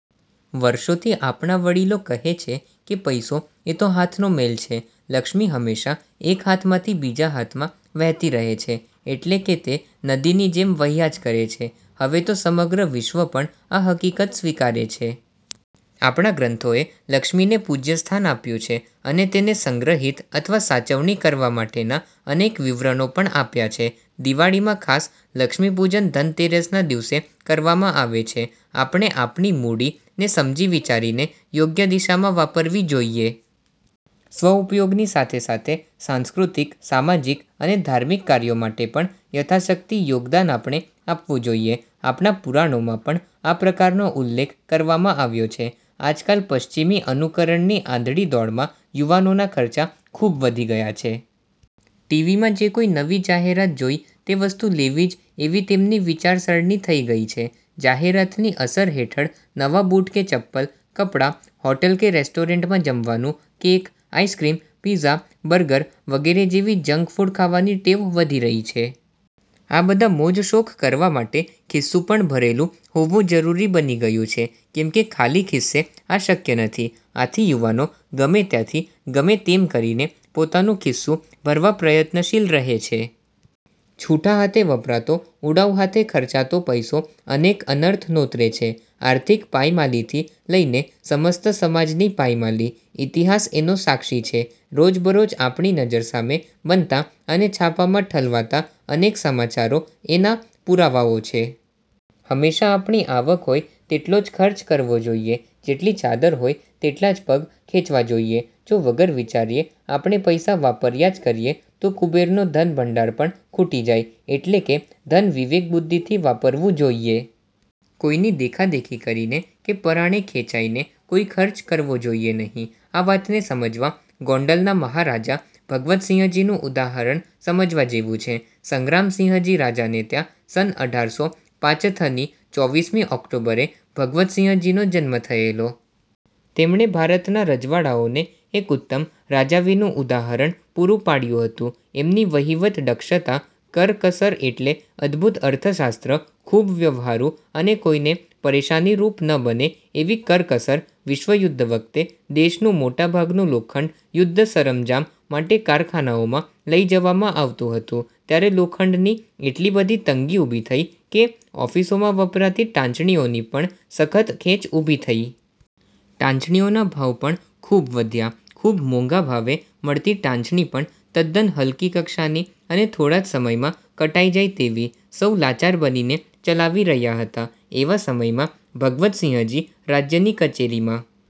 વર્ષોથી આપણાં વડીલો કહે છે કે પૈસો એ તો હાથનો મેલ છે. લક્ષ્મી હંમેશા એક હાથમાંથી બીજા હાથમાં વહેતી રહે છે એટલે કે તે નદીની જેમ વહ્યા જ કરે છે. હવે તો સમગ્ર વિશ્વ પણ આ હકીકત સ્વીકારે છે. આપણા ગ્રંથોએ લક્ષ્મીને પૂજ્ય સ્થાન આપ્યું છે અને તેને સંગ્રહિત અથવા સાચવણી કરવા માટેના અનેક વિવરણો પણ આપ્યા છે. દિવાળીમાં ખાસ લક્ષ્મીપૂજન ધનતેરસના દિવસે કરવામાં આવે છે. આપણે આપણી મૂડી ને સમજી વિચારીને યોગ્ય દિશામાં વાપરવી જોઈએ. સ્વઉપયોગની સાથે સાથે સાંસ્કૃતિક, સામાજિક અને ધાર્મિક કાર્યો માટે પણ યથાશક્તિ યોગદાન આપણે આપવું જોઈએ. આપણા પુરાણોમાં પણ આ પ્રકારનો ઉલ્લેખ કરવામાં આવ્યો છે. આજકાલ પશ્ચિમી અનુકરણની આંધળી દોડમાં યુવાનોના ખર્ચા ખૂબ વધી ગયા છે. ટીવીમાં જે કોઈ નવી જાહેરાત જોઈ તે વસ્તુ લેવી જ એવી તેમની વિચારસરણી થઈ ગઈ છે. જાહેરાતની અસર હેઠળ નવા બુટ કે ચપ્પ્લ, કપડાં, હોટલ કે રેસ્ટોરાંમાં જમવાનું, કેક, આઇસ્ક્રીમ, પિત્ઝા, બર્ગર વગેરે જેવી જંકફૂડ ખાવાની ટેવ વધી રહી છે. આ બધા મોજશોખ કરવા માટે ખિસ્સુંં પણ ભરેલું હોવું જરૂરી બની ગયું છે કેમ કે ખાલી ખિસ્સે આ શક્ય નથી. આથી યુવાનો ગમે ત્યાંથી ગમે તેમ કરીને પોતાનું ખિસ્સુંં ભરવા પ્રયત્નશીલ રહે છે. છૂટા હાથે વપરાતો, ઉડાઉ હાથે ખર્ચાતો પૈસો અનેક અનર્થ નોતરે છે. આર્થિક પાયમાલીથી લઈને સમસ્ત સમાજની પાયમાલી. ઇતિહાસ એનો સાક્ષી છે. રોજબરોજ આપણી નજર સામે બનતા અને છાપામાં ઠલવાતા અનેક સમાચારો એના પુરાવાઓ છે. હંમેશા આપણી આવક હોય તેટલો જ ખર્ચ કરવો જોઈએ. જેટલી ચાદર હોય તેટલા જ પગ ખેંચવા જોઈએ. જો વગર વિચાર્યે આપણે પૈસા વાપર્યા જ કરીએ તો કુબેરનો ધનભંડાર પણ ખૂટી જાય. એટલે કે ધન વિવેક બુદ્ધિથી વાપરવું જોઈએ. કોઈની દેખાદેખી કરીને કે પરાણે ખેંચાઈને કોઈ ખર્ચ કરવો જોઈએ નહીં. આ વાતને સમજવા ગોંડલના મહારાજા ભગવતસિંહજીનું ઉદાહરણ સમજવા જેવું છે. સંગ્રામસિંહજી રાજાને ત્યાં સન અઢાર સો પાંચથની ચોવીસ મી ઓક્ટોબરે ભગવતસિંહજીનો જન્મ થયેલો. તેમણે ભારતના રજવાડાંઓને એક ઉત્તમ રાજાવીનું ઉહાદરણ પૂરું પાડ્યું હતું. એમની વહીવટ દક્ષતા, કરકસર એટલે અદભુત અર્થશાસ્ત્ર! ખૂબ વ્યવહારુ અને કોઈને પરેશાનીરૂપ ન બને એવી કરકસર! વિશ્વયુદ્ધ વખતે દેશનું મોટા ભાગનું લોખંડ યુદ્ધ સરંજામ માટે કારખાનાંઓમાં લઈ જવામાં આવતું હતું ત્યારે લોખંડની એટલી બધી તંગી ઊભી થઈ કે ઓફિસોમાં વપરાતી ટાંચણીઓની પણ સખત ખેંચ ઊભી થઈ. ટાંચણીઓના ભાવ પણ ખૂબ વધ્યા. ખૂબ મોંઘા ભાવે મળતી ટાંચણી પણ તદ્દન હલકી કક્ષાની અને થોડા જ સમયમાં કટાઈ જાય તેવી! સૌ લાચાર બનીને ચલાવી રહ્યા હતા. એવા સમયમાં ભગવતસિંહજી રાજ્યની કચેરીમાં